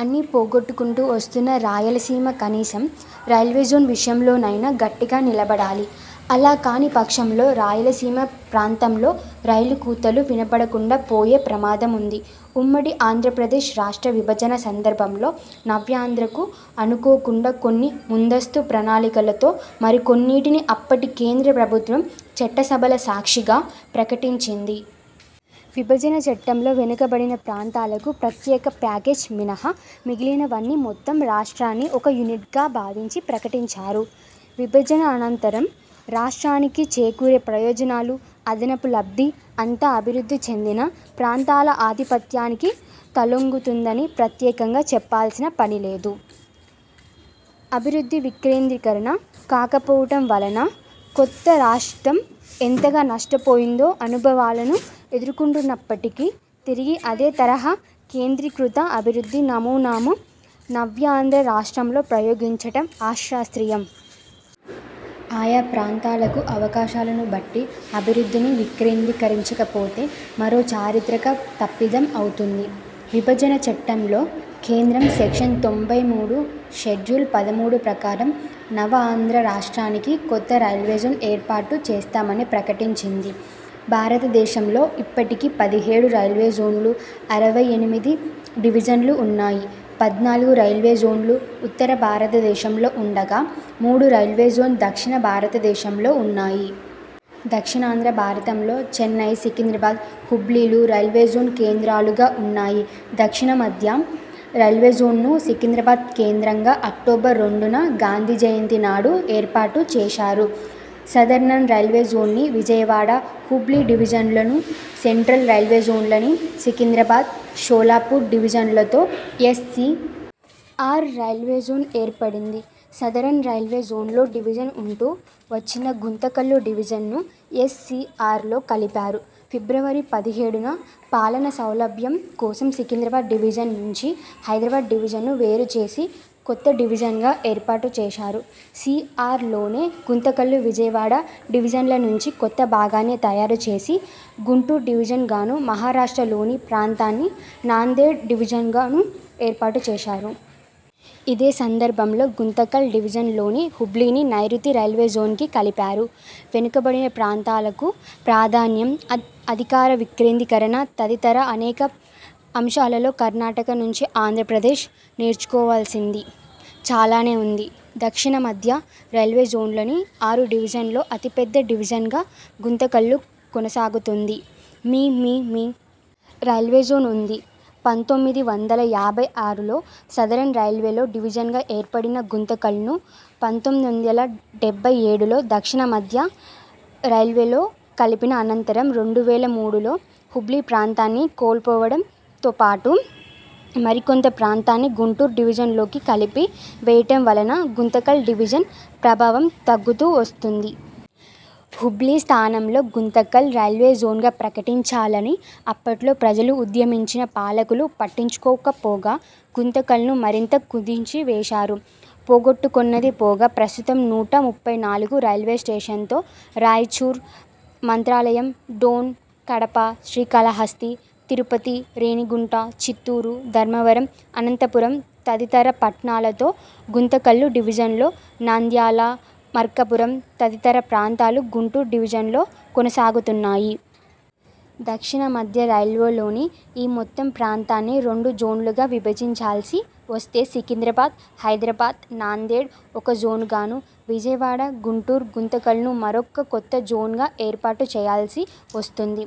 అన్నీ పోగొట్టుకొంటూ వస్తున్న రాయలసీమ కనీసం రైల్వేజోన్ విషయంలోనైనా గట్టిగా నిలబడాలి. అలా కాని పక్షంలో రాయలసీమ ప్రాంతంలో రైలుకూతలూ వినబడకుండా పోయే ప్రమాదముంది. ఉమ్మడి ఆంధ్రప్రదేశ్ రాష్ట్ర విభజన సందర్భంలో నవ్యాంధ్రకు అనుకోకుండా కొన్ని, ముందస్తు ప్రణాళికలతో మరికొన్నిటిని అప్పటి కేంద్ర ప్రభుత్వం చట్టసభల సాక్షిగా ప్రకటించింది. విభజన చట్టంలో 'వెనుకబడిన ప్రాంతాలకు- ప్రత్యేకప్యాకేజీ' మినహా మిగిలినవన్నీ మొత్తం రాష్ట్రాన్ని ఒక యూనిట్గా భావించి ప్రకటించారు. విభజనానంతరం రాష్ట్రానికి చేకూరే ప్రయోజనాలు, అదనపు లబ్ధి అంతా అభివృద్ధి చెందిన ప్రాంతాల ఆధిపత్యానికి తలొంగుతుందని ప్రత్యేకంగా చెప్పాల్సిన పని లేదు. అభివృద్ధి వికేంద్రీకరణ కాకపోవటం వలన కొత్త రాష్ట్రం ఎంతగా నష్టపోయిందో అనుభవాలను ఎదుర్కొంటున్నప్పటికీ, తిరిగి అదే తరహా కేంద్రీకృత అభివృద్ధి నమూనాను నవ్యాంధ్ర రాష్ట్రంలో ప్రయోగించటం అశాస్త్రీయం. ఆయా ప్రాంతాలకు అవకాశాలనుబట్టి అభివృద్ధిని వికేంద్రీకరించకపోతే మరో చారిత్రక తప్పిదం అవుతుంది. విభజన చట్టంలో కేంద్రం సెక్షన్ తొంభై మూడు, షెడ్యూల్-పదమూడు ప్రకారం నవ్యాంధ్ర రాష్ట్రానికి కొత్త 'రైల్వేజోన్' ఏర్పాటు చేస్తామని ప్రకటించింది. భారతదేశంలో ఇప్పటికి పదిహేడు రైల్వేజోన్లు, అరవై ఎనిమిది డివిజన్లు ఉన్నాయి. పద్నాలుగు రైల్వేజోన్లు ఉత్తర భారతదేశంలో ఉండగా, మూడు రైల్వేజోన్ దక్షిణ భారతదేశంలో ఉన్నాయి. దక్షిణాంధ్ర భారతంలో చెన్నై, సికింద్రాబాద్, హుబ్లీ లు రైల్వే జోన్ కేంద్రాలుగా ఉన్నాయి. దక్షిణమధ్య రైల్వేజోన్ ను సికింద్రాబాద్ కేంద్రంగా అక్టోబరు రెండున గాంధీ జయంతినాడు ఏర్పాటు చేశారు. సదరన్ రైల్వేజోన్ని విజయవాడ, హుబ్లీ డివిజన్లను, సెంట్రల్ రైల్వేజోన్లని సికింద్రాబాద్, షోలాపూర్ డివిజన్లతో యస్. సి. ఆర్. రైల్వేజోన్ ఏర్పడింది. సదరన్ రైల్వే జోన్లో డివిజన్ ఉంటూ వచ్చిన 'గుంతకల్లు డివిజన్'ను యస్. సి. ఆర్. లో కలిపారు. ఫిబ్రవరి పదిహేడున పాలనాసౌలభ్యం కోసం సికింద్రాబాద్ డివిజన్ నుంచి హైదరాబాద్ డివిజన్ను వేరుచేసి కొత్త డివిజన్గా ఏర్పాటు చేశారు. సి. ఆర్. లోనే గుంతకల్లు విజయవాడ డివిజన్ల నుంచి కొంత భాగాన్ని తయారుచేసి గుంటూరు డివిజన్ గాను, మహారాష్ట్రలోని ప్రాంతాన్ని నాందేడ్ డివిజన్గాను ఏర్పాటు చేశారు. ఇదే సందర్భంలో గుంతకల్ డివిజన్లోని హుబ్లీని నైరుతి రైల్వేజోన్కి కలిపారు. వెనుకబడిన ప్రాంతాలకు ప్రాధాన్యం, అధికార వికేంద్రీకరణ తదితర అనేక అంశాలలో కర్ణాటక నుంచి ఆంధ్రప్రదేశ్ నేర్చుకోవాల్సింది చాలానే ఉంది. దక్షిణమధ్య రైల్వేజోన్లని ఆరు డివిజన్లలో అతిపెద్ద డివిజన్గా గుంతకల్లు కొనసాగుతుంది. మీ. మీ. మీ. రైల్వేజోన్ ఉంది. పంతొమ్మిది వందల యాభై ఆరులో సదరన్ రైల్వేలో డివిజన్గా ఏర్పడిన గుంతకల్లును పంతొమ్మిది వందల డెబ్బై ఏడులో దక్షిణమధ్య రైల్వేలో కలిపిన అనంతరం రెండు వేల మూడులో హుబ్లీ ప్రాంతాన్ని కోల్పోవడంతోపాటు, మరికొంత ప్రాంతాన్ని గుంటూరు డివిజన్లోకి కలిపి వేయటంవలన గుంతకల్ డివిజన్ ప్రాభవం తగ్గుతూ వస్తుంది. 'హుబ్లీ' స్థానంలో గుంతకల్ రైల్వేజోన్గా ప్రకటించాలని అప్పట్లో ప్రజలు ఉద్యమించినా పాలకులు పట్టించుకోకపోగా గుంత కల్లును మరింత కుదించివేశారు. పొగొట్టుకొన్నది పోగా ప్రస్తుతం నూట ముప్పై నాలుగు రైల్వేస్టేషన్తో, రాయచూర్, మంత్రాలయం, డోన్, కడప, శ్రీకాళహస్తి, తిరుపతి, రేణిగుంట, చిత్తూరు, ధర్మవరం, అనంతపురం తదితర పట్టణాలతో గుంతకల్లు డివిజన్లో నంద్యాల, మార్కాపురం తదితర ప్రాంతాలు గుంటూరు డివిజన్లో కొనసాగుతున్నాయి. దక్షిణమధ్య రైల్వేలోని ఈ మొత్తం ప్రాంతాన్ని రెండు జోన్లుగా విభజించాల్సి వస్తే సికింద్రాబాద్, హైదరాబాద్, నాందేడ్ ఒక జోన్ గాను, విజయవాడ, గుంటూరు, గుంతకల్లను మరొక కొత్తజోన్గా ఏర్పాటు చేయాల్సి వస్తుంది.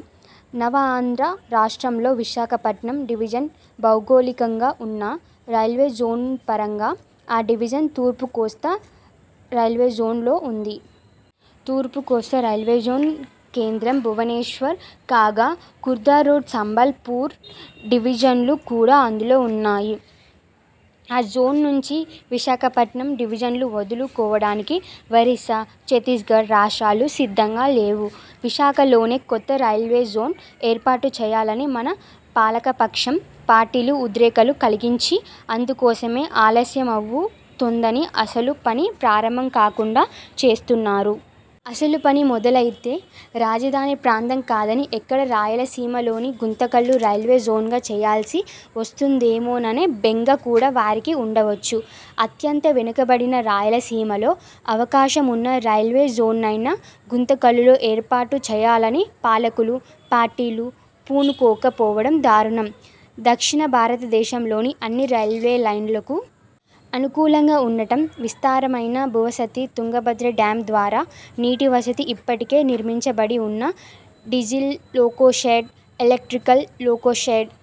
నవ ఆంధ్ర రాష్ట్రంలో విశాఖపట్నం డివిజన్ భౌగోళికంగా ఉన్నా, రైల్వేజోన్పరంగా ఆ డివిజన్ తూర్పుకోస్తా రైల్వేజోన్లో ఉంది. తూర్పుకోస్తా రైల్వేజోన్ కేంద్రం భువనేశ్వర్ కాగా కుర్ధారోడ్, సంబల్ పూర్ డివిజన్లు కూడా అందులో ఉన్నాయి. ఆ జోన్ నుంచి విశాఖపట్నం డివిజన్లు వదులు కోవడానికి ఒరిస్సా, చత్తీస్ఘడ్ రాష్ట్రాలు సిద్ధంగా లేవు. విశాఖలోనే కొత్త రైల్వేజోన్ ఏర్పాటు చేయాలని మన పాలకపక్షం, పార్టీలు ఉద్రేకాలు కలిగించి, అందుకోసమే ఆలస్యమవు తోందని అసలు పని ప్రారంభం కాకుండా చేస్తున్నారు. అసలు పని మొదలైతే రాజధాని ప్రాంతంకాదని ఎక్కడ రాయలసీమలోని గుంతకల్ను రైల్వేజోన్గా చేయాల్సి వస్తుందేమోననే బెంగ కూడా వారికి ఉండవచ్చు అత్యంత వెనుకబడిన రాయలసీమలో అవకాశమున్న రైల్వే జోన్నైనా గుంతకల్లులో ఏర్పాటు చేయాలని పాలకులు, పార్టీలు పూనుకోక పోవడం దారుణం. దక్షిణ భారతదేశంలోని అన్ని రైల్వేలైన్లకు అనుకూలంగా ఉండటం, విస్తారమైన భూవసతి, తుంగభద్ర డ్యాం ద్వారా నీటివసతి, ఇప్పటికే నిర్మించబడి ఉన్న డీజిల్ లోకోషెడ్, ఎలక్ట్రికల్ లోకోషెడ్,